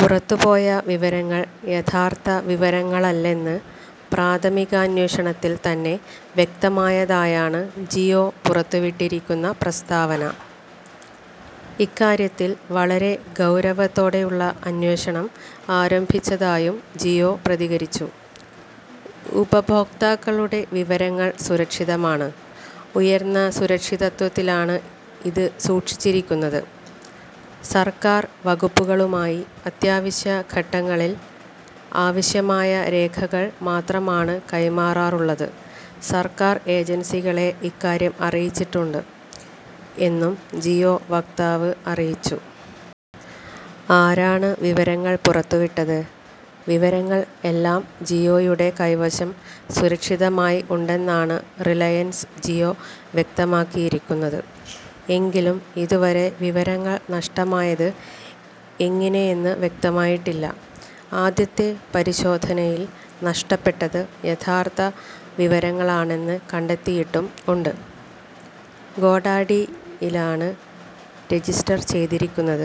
പുറത്തുപോയ വിവരങ്ങൾ യഥാർത്ഥ വിവരങ്ങളല്ലെന്ന് പ്രാഥമികാന്വേഷണത്തിൽ തന്നെ വ്യക്തമായതായാണ് ജിയോ പുറത്തുവിട്ടിരിക്കുന്ന പ്രസ്താവന. ഇക്കാര്യത്തിൽ വളരെ ഗൌരവത്തോടെയുള്ള അന്വേഷണം ആരംഭിച്ചതായും ജിയോ പ്രതികരിച്ചു. "ഉപഭോക്താക്കളുടെ വിവരങ്ങൾ സുരക്ഷിതമാണ്. ഉയർന്ന സുരക്ഷിതത്വത്തിലാണ് ഇത് സൂക്ഷിച്ചിരിക്കുന്നത്. സർക്കാർ വകുപ്പുകളുമായി അത്യാവശ്യ ഘട്ടങ്ങളിൽ ആവശ്യമായ രേഖകൾ മാത്രമാണ് കൈമാറാറുള്ളത്. സർക്കാർ ഏജൻസികളെ ഇക്കാര്യം അറിയിച്ചിട്ടുണ്ട്", എന്നും ജിയോ വക്താവ് അറിയിച്ചു. ആരാണ് വിവരങ്ങൾ പുറത്തുവിട്ടത്? വിവരങ്ങൾ എല്ലാം ജിയോയുടെ കൈവശം സുരക്ഷിതമായി ഉണ്ടെന്നാണ് റിലയൻസ് ജിയോ വ്യക്തമാക്കിയിരിക്കുന്നത്. എങ്കിലും ഇതുവരെ വിവരങ്ങൾ നഷ്ടമായത് എങ്ങിനെയെന്ന് വ്യക്തമായിട്ടില്ല. ആദ്യത്തെ പരിശോധനയിൽ നഷ്ടപ്പെട്ടത് യഥാർത്ഥ വിവരങ്ങളാണെന്ന് കണ്ടെത്തിയിട്ടും ഉണ്ട്. ഗോഡാഡി യിലാണ്. രജിസ്റ്റർ ചെയ്തിരിക്കുന്നത്.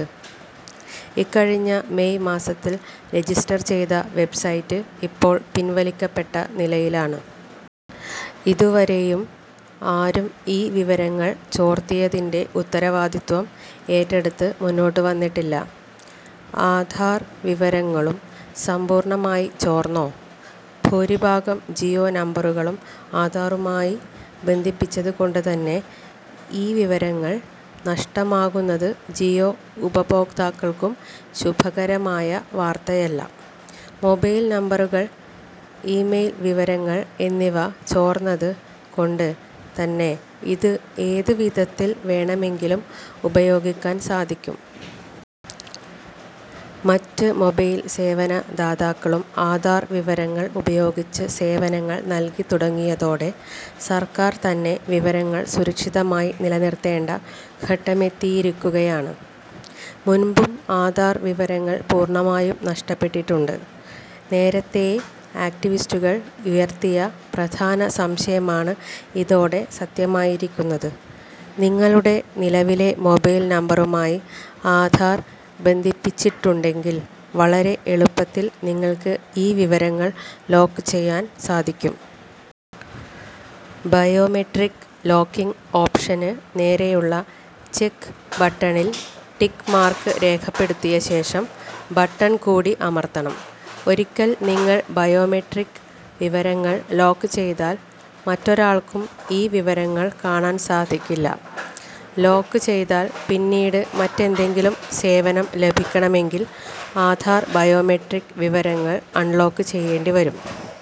ഇക്കഴിഞ്ഞ മെയ് മാസത്തിൽ രജിസ്റ്റർ ചെയ്ത വെബ്സൈറ്റ് ഇപ്പോൾ പിൻവലിക്കപ്പെട്ട നിലയിലാണ്. ഇതുവരെയും ആരും ഈ വിവരങ്ങൾ ചോർത്തിയതിന്റെ ഉത്തരവാദിത്വം ഏറ്റെടുത്ത് മുന്നോട്ട് വന്നിട്ടില്ല. ആധാർ വിവരങ്ങളും സമ്പൂർണ്ണമായി ചോർന്നോ? ഭൂരിഭാഗം ജിയോ നമ്പറുകളും ആധാറുമായി ബന്ധിപ്പിച്ചത് കൊണ്ട് തന്നെ, ഈ വിവരങ്ങൾ നഷ്ടമാകുന്നത് ജിയോ ഉപഭോക്താക്കൾക്കും ശുഭകരമായ വാർത്തയല്ല. മൊബൈൽ നമ്പറുകൾ ഇമെയിൽ വിവരങ്ങൾ എന്നിവ ചോർന്നത് കൊണ്ട് തന്നെ ഇത് ഏത് വിധത്തിൽ വേണമെങ്കിലും ഉപയോഗിക്കാൻ സാധിക്കും. മറ്റ് മൊബൈൽ സേവന ദാതാക്കളും ആധാർ വിവരങ്ങൾ ഉപയോഗിച്ച് സേവനങ്ങൾ നൽകി തുടങ്ങിയതോടെ സർക്കാർ തന്നെ വിവരങ്ങൾ സുരക്ഷിതമായി നിലനിർത്തേണ്ട ഘട്ടമെത്തിയിരിക്കുകയാണ്. മുൻപും ആധാർ വിവരങ്ങൾ പൂർണ്ണമായും നഷ്ടപ്പെട്ടിട്ടുണ്ട്. നേരത്തേ ആക്ടിവിസ്റ്റുകൾ ഉയർത്തിയ പ്രധാന സംശയമാണ് ഇതോടെ സത്യമായിരിക്കുന്നത്. നിങ്ങളുടെ നിലവിലെ മൊബൈൽ നമ്പറുമായി ആധാർ ബന്ധിപ്പിച്ചിട്ടുണ്ടെങ്കിൽ വളരെ എളുപ്പത്തിൽ നിങ്ങൾക്ക് ഈ വിവരങ്ങൾ ലോക്ക് ചെയ്യാൻ സാധിക്കും. ബയോമെട്രിക് ലോക്കിംഗ് ഓപ്ഷന് നേരെയുള്ള ചെക് ബട്ടണിൽ ടിക് മാർക് രേഖപ്പെടുത്തിയ ശേഷം ബട്ടൺ കൂടി അമർത്തണം. ഒരിക്കൽ നിങ്ങൾ ബയോമെട്രിക് വിവരങ്ങൾ ലോക്ക് ചെയ്താൽ മറ്റൊരാൾക്കും ഈ വിവരങ്ങൾ കാണാൻ സാധിക്കില്ല. ലോക് ചെയ്താൽ പിന്നീട് മറ്റെന്തെങ്കിലും സേവനം ലഭിക്കണമെങ്കിൽ ആധാർ ബയോമെട്രിക് വിവരങ്ങൾ അൺലോക് ചെയ്യേണ്ടി വരും.